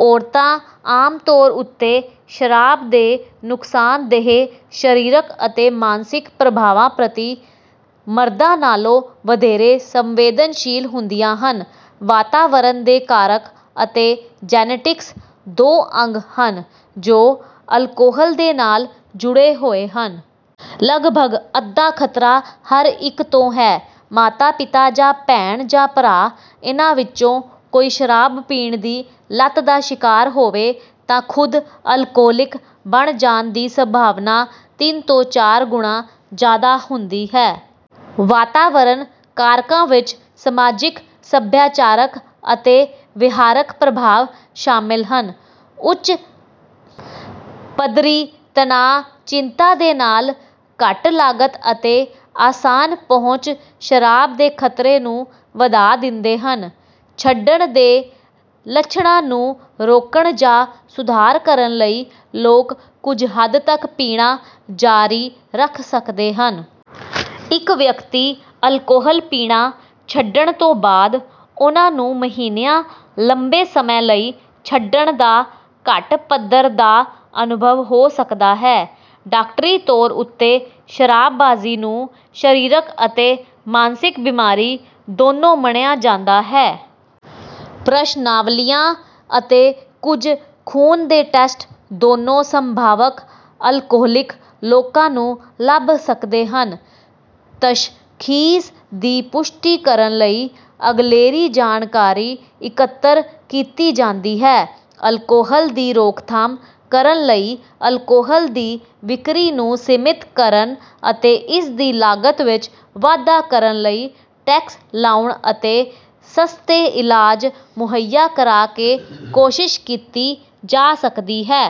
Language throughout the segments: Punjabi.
ਔਰਤਾਂ ਆਮ ਤੌਰ ਉੱਤੇ ਸ਼ਰਾਬ ਦੇ ਨੁਕਸਾਨਦੇਹ ਸ਼ਰੀਰਕ ਅਤੇ ਮਾਨਸਿਕ ਪ੍ਰਭਾਵਾਂ ਪ੍ਰਤੀ ਮਰਦਾਂ ਨਾਲੋਂ ਵਧੇਰੇ ਸੰਵੇਦਨਸ਼ੀਲ ਹੁੰਦੀਆਂ ਹਨ। ਵਾਤਾਵਰਣ ਦੇ ਕਾਰਕ ਅਤੇ ਜੈਨੇਟਿਕਸ ਦੋ ਅੰਗ ਹਨ ਜੋ ਅਲਕੋਹਲ ਦੇ ਨਾਲ ਜੁੜੇ ਹੋਏ ਹਨ। ਲੱਗਭੱਗ ਅੱਧਾ ਖਤਰਾ ਹਰ ਇੱਕ ਤੋਂ ਹੈ। ਮਾਤਾ ਪਿਤਾ ਜਾਂ ਭੈਣ ਜਾਂ ਭਰਾ ਇਨ੍ਹਾਂ ਵਿੱਚੋਂ ਕੋਈ ਸ਼ਰਾਬ ਪੀਣ ਦੀ ਲਤ ਦਾ ਸ਼ਿਕਾਰ ਹੋਵੇ ਤਾਂ ਖੁਦ ਅਲਕੋਹਲਿਕ ਬਣ ਜਾਣ ਦੀ ਸੰਭਾਵਨਾ ਤਿੰਨ ਤੋਂ ਚਾਰ ਗੁਣਾ ਜ਼ਿਆਦਾ ਹੁੰਦੀ ਹੈ। ਵਾਤਾਵਰਨ ਕਾਰਕਾਂ ਵਿੱਚ ਸਮਾਜਿਕ, ਸੱਭਿਆਚਾਰਕ ਅਤੇ ਵਿਹਾਰਕ ਪ੍ਰਭਾਵ ਸ਼ਾਮਲ ਹਨ। ਉੱਚ ਪੱਧਰੀ ਤਣਾਅ, ਚਿੰਤਾ, ਦੇ ਨਾਲ ਘੱਟ ਲਾਗਤ ਅਤੇ ਆਸਾਨ ਪਹੁੰਚ ਸ਼ਰਾਬ ਦੇ ਖਤਰੇ ਨੂੰ ਵਧਾ ਦਿੰਦੇ ਹਨ। ਛੱਡਣ ਦੇ ਲੱਛਣਾਂ ਨੂੰ ਰੋਕਣ ਜਾਂ ਸੁਧਾਰ ਕਰਨ ਲਈ ਲੋਕ ਕੁਝ ਹੱਦ ਤੱਕ ਪੀਣਾ ਜਾਰੀ ਰੱਖ ਸਕਦੇ ਹਨ। ਇੱਕ ਵਿਅਕਤੀ ਅਲਕੋਹਲ ਪੀਣਾ ਛੱਡਣ ਤੋਂ ਬਾਅਦ, ਉਹਨਾਂ ਨੂੰ ਮਹੀਨਿਆਂ ਲੰਬੇ ਸਮੇਂ ਲਈ ਛੱਡਣ ਦਾ ਘੱਟ ਪੱਧਰ ਦਾ ਅਨੁਭਵ ਹੋ ਸਕਦਾ ਹੈ। ਡਾਕਟਰੀ ਤੌਰ ਉੱਤੇ ਸ਼ਰਾਬਬਾਜ਼ੀ ਨੂੰ ਸਰੀਰਕ ਅਤੇ ਮਾਨਸਿਕ ਬਿਮਾਰੀ ਦੋਨੋਂ ਮੰਨਿਆ ਜਾਂਦਾ ਹੈ। ਪ੍ਰਸ਼ਨਾਵਲੀਆਂ ਅਤੇ ਕੁਝ ਖੂਨ ਦੇ ਟੈਸਟ ਦੋਨੋਂ ਸੰਭਾਵਤ ਅਲਕੋਹਲਿਕ ਲੋਕਾਂ ਨੂੰ ਲੱਭ ਸਕਦੇ ਹਨ। ਤਸ਼ਖ਼ੀਸ ਦੀ ਪੁਸ਼ਟੀ ਕਰਨ ਲਈ ਅਗਲੇਰੀ ਜਾਣਕਾਰੀ ਇਕੱਤਰ ਕੀਤੀ ਜਾਂਦੀ ਹੈ। ਅਲਕੋਹਲ ਦੀ ਰੋਕਥਾਮ ਕਰਨ ਲਈ ਅਲਕੋਹਲ ਦੀ ਵਿਕਰੀ ਨੂੰ ਸੀਮਿਤ ਕਰਨ ਅਤੇ ਇਸਦੀ ਲਾਗਤ ਵਿੱਚ ਵਾਧਾ ਕਰਨ ਲਈ ਟੈਕਸ ਲਾਉਣ ਅਤੇ ਸਸਤੇ ਇਲਾਜ ਮੁਹੱਈਆ ਕਰਾ ਕੇ ਕੋਸ਼ਿਸ਼ ਕੀਤੀ ਜਾ ਸਕਦੀ ਹੈ।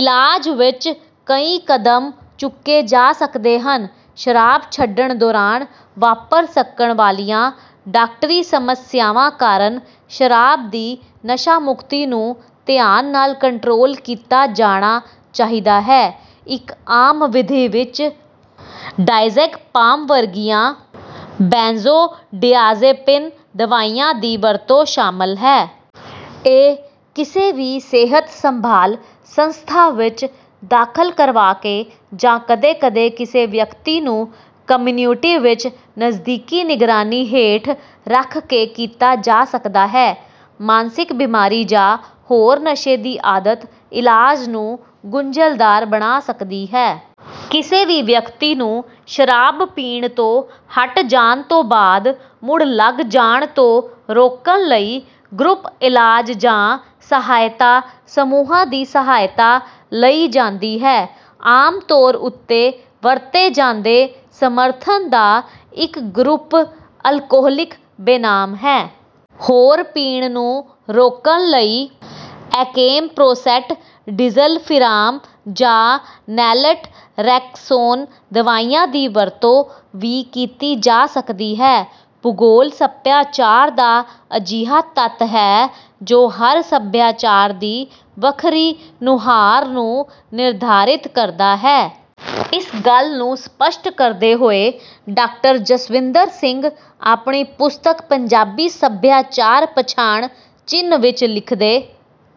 ਇਲਾਜ ਵਿੱਚ ਕਈ ਕਦਮ ਚੁੱਕੇ ਜਾ ਸਕਦੇ ਹਨ। ਸ਼ਰਾਬ ਛੱਡਣ ਦੌਰਾਨ ਵਾਪਰ ਸਕਣ ਵਾਲੀਆਂ ਡਾਕਟਰੀ ਸਮੱਸਿਆਵਾਂ ਕਾਰਨ, ਸ਼ਰਾਬ ਦੀ ਨਸ਼ਾਮੁਕਤੀ ਨੂੰ ਧਿਆਨ ਨਾਲ ਕੰਟਰੋਲ ਕੀਤਾ ਜਾਣਾ ਚਾਹੀਦਾ ਹੈ। ਇੱਕ ਆਮ ਵਿਧੀ ਵਿੱਚ ਡਾਇਜ਼ੈਗਪਾਮ ਵਰਗੀਆਂ ਬੈਂਜੋਡਿਆਜ਼ੇਪਿਨ ਦਵਾਈਆਂ ਦੀ ਵਰਤੋਂ ਸ਼ਾਮਲ ਹੈ। ਇਹ ਕਿਸੇ ਵੀ ਸਿਹਤ ਸੰਭਾਲ ਸੰਸਥਾ ਵਿੱਚ ਦਾਖਲ ਕਰਵਾ ਕੇ ਜਾਂ ਕਦੇ-ਕਦੇ ਕਿਸੇ ਵਿਅਕਤੀ ਨੂੰ ਕਮਿਊਨਿਟੀ ਵਿੱਚ ਨਜ਼ਦੀਕੀ ਨਿਗਰਾਨੀ ਹੇਠ ਰੱਖ ਕੇ ਕੀਤਾ ਜਾ ਸਕਦਾ ਹੈ। ਮਾਨਸਿਕ ਬਿਮਾਰੀ ਜਾਂ ਹੋਰ ਨਸ਼ੇ ਦੀ ਆਦਤ ਇਲਾਜ ਨੂੰ ਗੁੰਝਲਦਾਰ ਬਣਾ ਸਕਦੀ ਹੈ। ਕਿਸੇ ਵੀ ਵਿਅਕਤੀ ਨੂੰ ਸ਼ਰਾਬ ਪੀਣ ਤੋਂ ਹੱਟ ਜਾਣ ਤੋਂ ਬਾਅਦ ਮੁੜ ਲੱਗ ਜਾਣ ਤੋਂ ਰੋਕਣ ਲਈ ਗਰੁੱਪ ਇਲਾਜ ਜਾਂ ਸਹਾਇਤਾ ਸਮੂਹਾਂ ਦੀ ਸਹਾਇਤਾ ਲਈ ਜਾਂਦੀ ਹੈ। ਆਮ ਤੌਰ ਉੱਤੇ ਵਰਤੇ ਜਾਂਦੇ ਸਮਰਥਨ ਦਾ ਇੱਕ ਗਰੁੱਪ ਅਲਕੋਹਲਿਕ ਬੇਨਾਮ ਹੈ। ਹੋਰ ਪੀਣ ਨੂੰ ਰੋਕਣ ਲਈ ਐਕੈਮਪਰੋਸੈਟ, ਡਿਸਲਫ਼ੀਰਾਮ, ਜਾਂ ਨੈਲਟਰੇਕਸੋਨ ਦਵਾਈਆਂ ਦੀ ਵਰਤੋਂ ਵੀ ਕੀਤੀ ਜਾ ਸਕਦੀ ਹੈ। ਭੂਗੋਲ ਸਭਿਆਚਾਰ ਦਾ ਅਜਿਹਾ ਤੱਤ ਹੈ, ਜੋ ਹਰ ਸਭਿਆਚਾਰ ਦੀ ਵੱਖਰੀ ਨੁਹਾਰ ਨੂੰ ਨਿਰਧਾਰਿਤ ਕਰਦਾ ਹੈ। ਇਸ ਗੱਲ ਨੂੰ ਸਪਸ਼ਟ ਕਰਦੇ ਹੋਏ ਡਾਕਟਰ ਜਸਵਿੰਦਰ ਸਿੰਘ ਆਪਣੀ ਪੁਸਤਕ ਪੰਜਾਬੀ ਸਭਿਆਚਾਰ ਪਛਾਣ ਚਿੰਨ੍ਹ ਵਿੱਚ ਲਿਖਦੇ